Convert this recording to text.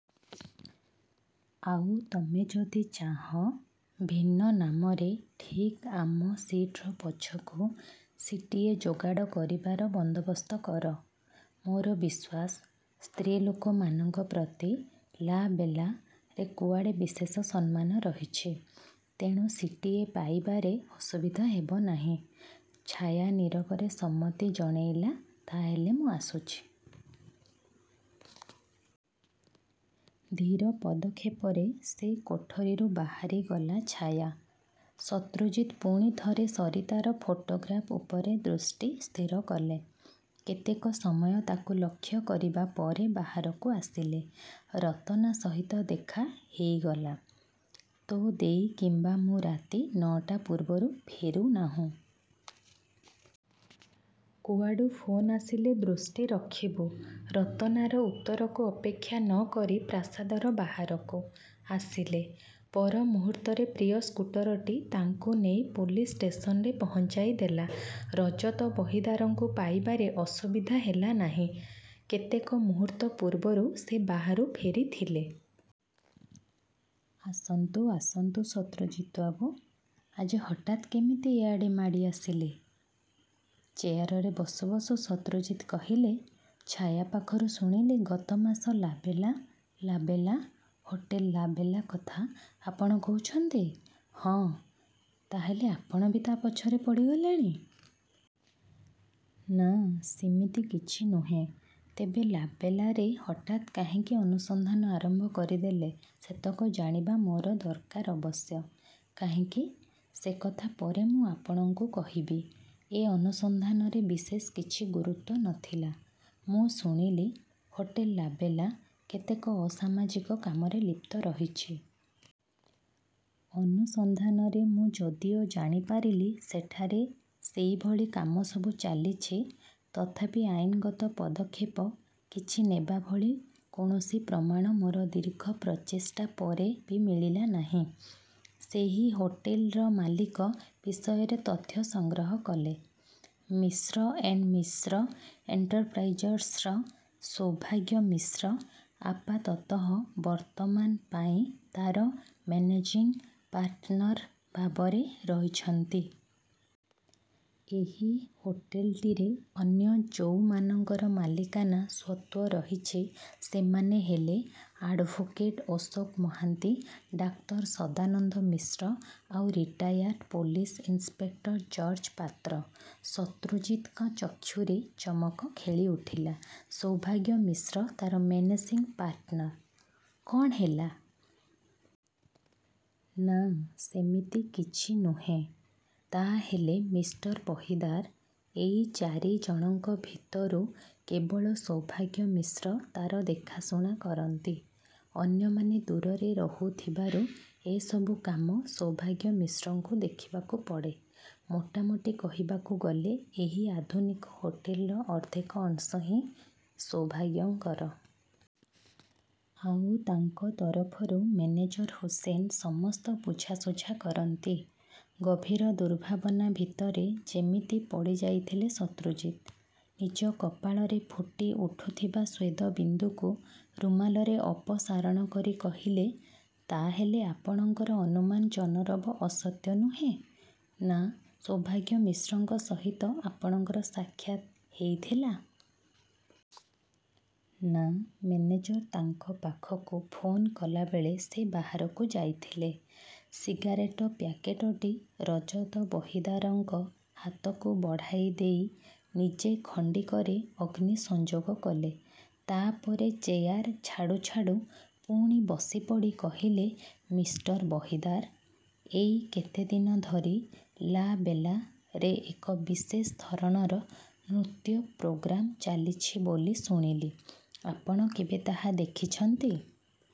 ଆଉ ତମେ ଯଦି ଚାହଁ, ଭିନ୍ନ ନାମରେ ଠିକ ଆମ ସିଟର ପଛକୁ ସିଟ୍ଟିଏ ଯୋଗାଡ଼ କରିବାର ବନ୍ଦୋବସ୍ତ କର। ମୋର ବିଶ୍ୱାସ, ସ୍ତ୍ରୀ ଲୋକମାନଙ୍କ ପ୍ରତି 'ଲା-ବେଲା'ରେ କୁଆଡ଼େ ବିଶେଷ ସମ୍ମାନ ରହିଛି। ତେଣୁ ସିଟ୍ଟିଏ ପାଇବାରେ ଅସୁବିଧା ହେବ ନାହିଁ। ଛାୟା ନୀରବରେ ସମ୍ମତି ଜଣେଇଲା ତା ହେଲେ ମୁଁ ଆସୁଛି। ଧୀର ପଦକ୍ଷେପରେ ସେ କୋଠରିରୁ ବାହାରିଗଲା ଛାୟା। ଶତ୍ରୁଜିତ୍ ପୁଣି ଥରେ ସରିତାର ଫଟୋଗ୍ରାଫ୍ ଉପରେ ଦୃଷ୍ଟି ସ୍ଥିର କଲେ। କେତେକ ସମୟ ତାକୁ ଲକ୍ଷ୍ୟ କରିବା ପରେ ବାହାରକୁ ଆସିଲେ। ରତନା ସହିତ ଦେଖା ହେଇଗଲା। ତୋ ଦେଈ କିମ୍ୱା ମୁଁ ରାତି ନଅଟା ପୂର୍ବରୁ ଫେରୁନାହୁଁ। କୁଆଡ଼ୁ ଫୋନ୍ ଆସିଲେ ଦୃଷ୍ଟି ରଖିବୁ। ରତନାର ଉତ୍ତରକୁ ଅପେକ୍ଷା ନ କରି ପ୍ରାସାଦର ବାହାରକୁ। ଆସିଲେ। ପର ମୁହୂର୍ତ୍ତରେ ପ୍ରିୟ ସ୍କୁଟରଟି ତାଙ୍କୁ ନେଇ ପୋଲିସ ଷ୍ଟେସନରେ ପହଞ୍ଚାଇଦେଲା। ରଜତ ବହିଦାରଙ୍କୁ ପାଇବାରେ ଅସୁବିଧା ହେଲା ନାହିଁ। କେତେକ ମୁହୂର୍ତ୍ତ ପୂର୍ବରୁ ସେ ବାହାରୁ ଫେରିଥିଲେ। ଆସନ୍ତୁ, ଆସନ୍ତୁ ଶତ୍ରୁଜିତ୍ବାବୁ, ଆଜି ହଠାତ୍ କେମିତି ଏଆଡ଼େ ମାଡ଼ିଆସିଲେ? ଚେୟାରରେ ବସୁ ବସୁ ଶତ୍ରୁଜିତ୍ କହିଲେ, ଛାୟା ପାଖରୁ ଶୁଣିଲି ଗତ ମାସ 'ଲା-ବେଲା' 'ଲା-ବେଲା' ହୋଟେଲ 'ଲା-ବେଲା' କଥା ଆପଣ କହୁଛନ୍ତି? ହଁ। ତା' ହେଲେ ଆପଣ ବି ତା ପଛରେ ପଡ଼ିଗଲେଣି? ନା, ସିମିତି କିଛି ନୁହେଁ। ତେବେ 'ଲା-ବେଲା'ରେ ହଠାତ୍ କାହିଁକି ଅନୁସନ୍ଧାନ ଆରମ୍ଭ କରିଦେଲେ ସେତକ ଜାଣିବା ମୋର ଦରକାର ଅବଶ୍ୟ। କାହିଁକି? ସେକଥା ପରେ ମୁଁ ଆପଣଙ୍କୁ କହିବି। ଏ ଅନୁସନ୍ଧାନରେ ବିଶେଷ କିଛି ଗୁରୁତ୍ୱ ନ ଥିଲା। ମୁଁ ଶୁଣିଲି, ହୋଟେଲ 'ଲା-ବେଲା' କେତେକ ଅସାମାଜିକ କାମରେ ଲିପ୍ତ ରହିଛି। ଅନୁସନ୍ଧାନରେ ମୁଁ ଯଦିଓ ଜାଣିପାରିଲି ସେଠାରେ ସେଇଭଳି କାମସବୁ ଚାଲିଛି, ତଥାପି ଆଇନଗତ ପଦକ୍ଷେପ କିଛି ନେବାଭଳି କୌଣସି ପ୍ରମାଣ ମୋର ଦୀର୍ଘ ପ୍ରଚେଷ୍ଟା ପରେ ବି ମିଳିଲା ନାହିଁ। ସେହି ହୋଟେଲର ମାଲିକ ବିଷୟରେ ତଥ୍ୟ ସଂଗ୍ରହ କଲେ । ମିଶ୍ର ଏଣ୍ତ ମିଶ୍ର ଏଣ୍ଟରପ୍ରାଇଜର୍ସର ସୌଭାଗ୍ୟ ମିଶ୍ର ଆପାତତଃ ବର୍ତ୍ତମାନ ପାଇଁ ତା'ର ମେନେଜିଂ ପାର୍ଟନର ଭାବରେ ରହିଛନ୍ତି। ଏହି ହୋଟେଲଟିରେ ଅନ୍ୟ ଯୋଉମାନଙ୍କର ମାଲିକାନା ସ୍ୱତ୍ୱ ରହିଛି ସେମାନେ ହେଲେ ଆଡ୍ଭୋକେଟ ଅଶୋକ ମହାନ୍ତି, ଡାକ୍ତର ସଦାନନ୍ଦ ମିଶ୍ର ଆଉ retired police inspector George Patra. ଶତ୍ରୁଜିତ୍ଙ୍କ ଚକ୍ଷୁରେ ଚମକ ଖେଳିଉଠିଲା ,ସୌଭାଗ୍ୟ ମିଶ୍ର ତା'ର ମେନେଜିଂ ପାର୍ଟନର! କ'ଣ ହେଲା? ନା, ସେମିତି କିଛି ନୁହେଁ। ତା' ହେଲେ ମିଷ୍ଟର ବହିଦାର, ଏଇ ଚାରିଜଣଙ୍କ ଭିତରୁ କେବଳ ସୌଭାଗ୍ୟ ମିଶ୍ର ତା'ର ଦେଖାଶୁଣା କରନ୍ତି। ଅନ୍ୟମାନେ ଦୂରରେ ରହୁଥିବାରୁ ଏ ସବୁ କାମ ସୌଭାଗ୍ୟ ମିଶ୍ରଙ୍କୁ ଦେଖିବାକୁ ପଡ଼େ। ମୋଟାମୋଟି କହିବାକୁ ଗଲେ ଏହି ଆଧୁନିକ ହୋଟେଲର ଅର୍ଦ୍ଧେକ ଅଂଶ ହିଁ ସୌଭାଗ୍ୟଙ୍କର। ଆଉ ତାଙ୍କ ତରଫରୁ ମେନେଜର ହୁସେନ ସମସ୍ତ ବୁଝାସୁଝା କରନ୍ତି। ଗଭୀର ଦୁର୍ଭାବନା ଭିତରେ ଯେମିତି ପଡ଼ିଯାଇଥିଲେ ଶତ୍ରୁଜିତ୍। ନିଜ କପାଳରେ ଫୁଟିଉଠୁଥିବା ସ୍ୱେଦବିନ୍ଦୁକୁ ରୁମାଲରେ ଅପସାରଣ କରି କହିଲେ ,ତା'ହେଲେ ଆପଣଙ୍କର ଅନୁମାନ ଜନରବ ଅସତ୍ୟ ନୁହେଁ? ନା ସୌଭାଗ୍ୟ ମିଶ୍ରଙ୍କ ସହିତ ଆପଣଙ୍କର ସାକ୍ଷାତ୍ ହେଇଥିଲା? ନା, ମେନେଜର ତାଙ୍କ ପାଖକୁ ଫୋନ୍ କଲାବେଳେ ସେ ବାହାରକୁ ଯାଇଥିଲେ। ସିଗାରେଟ ପ୍ୟାକେଟଟି ରଜତ ବହିଦାରଙ୍କ ହାତକୁ ବଢ଼ାଇଦେଇ ନିଜେ ଖଣ୍ତିକରେ ଅଗ୍ନି ସଂଯୋଗ କଲେ। ତା' ପରେ ଚେୟାର ଛାଡ଼ୁ ଛାଡ଼ୁ ପୁଣି ବସିପଡ଼ି କହିଲେ ମିଷ୍ଟର ବହିଦାର, ଏଇ କେତେଦିନ ଧରି 'ଲା-ବେଲା'ରେ ଏକ ବିଶେଷ ଧରଣର ନୃତ୍ୟ ପ୍ରୋଗ୍ରାମ ଚାଲିଛି ବୋଲି ଶୁଣିଲି। ଆପଣ କେବେ ତାହା ଦେଖିଛନ୍ତି?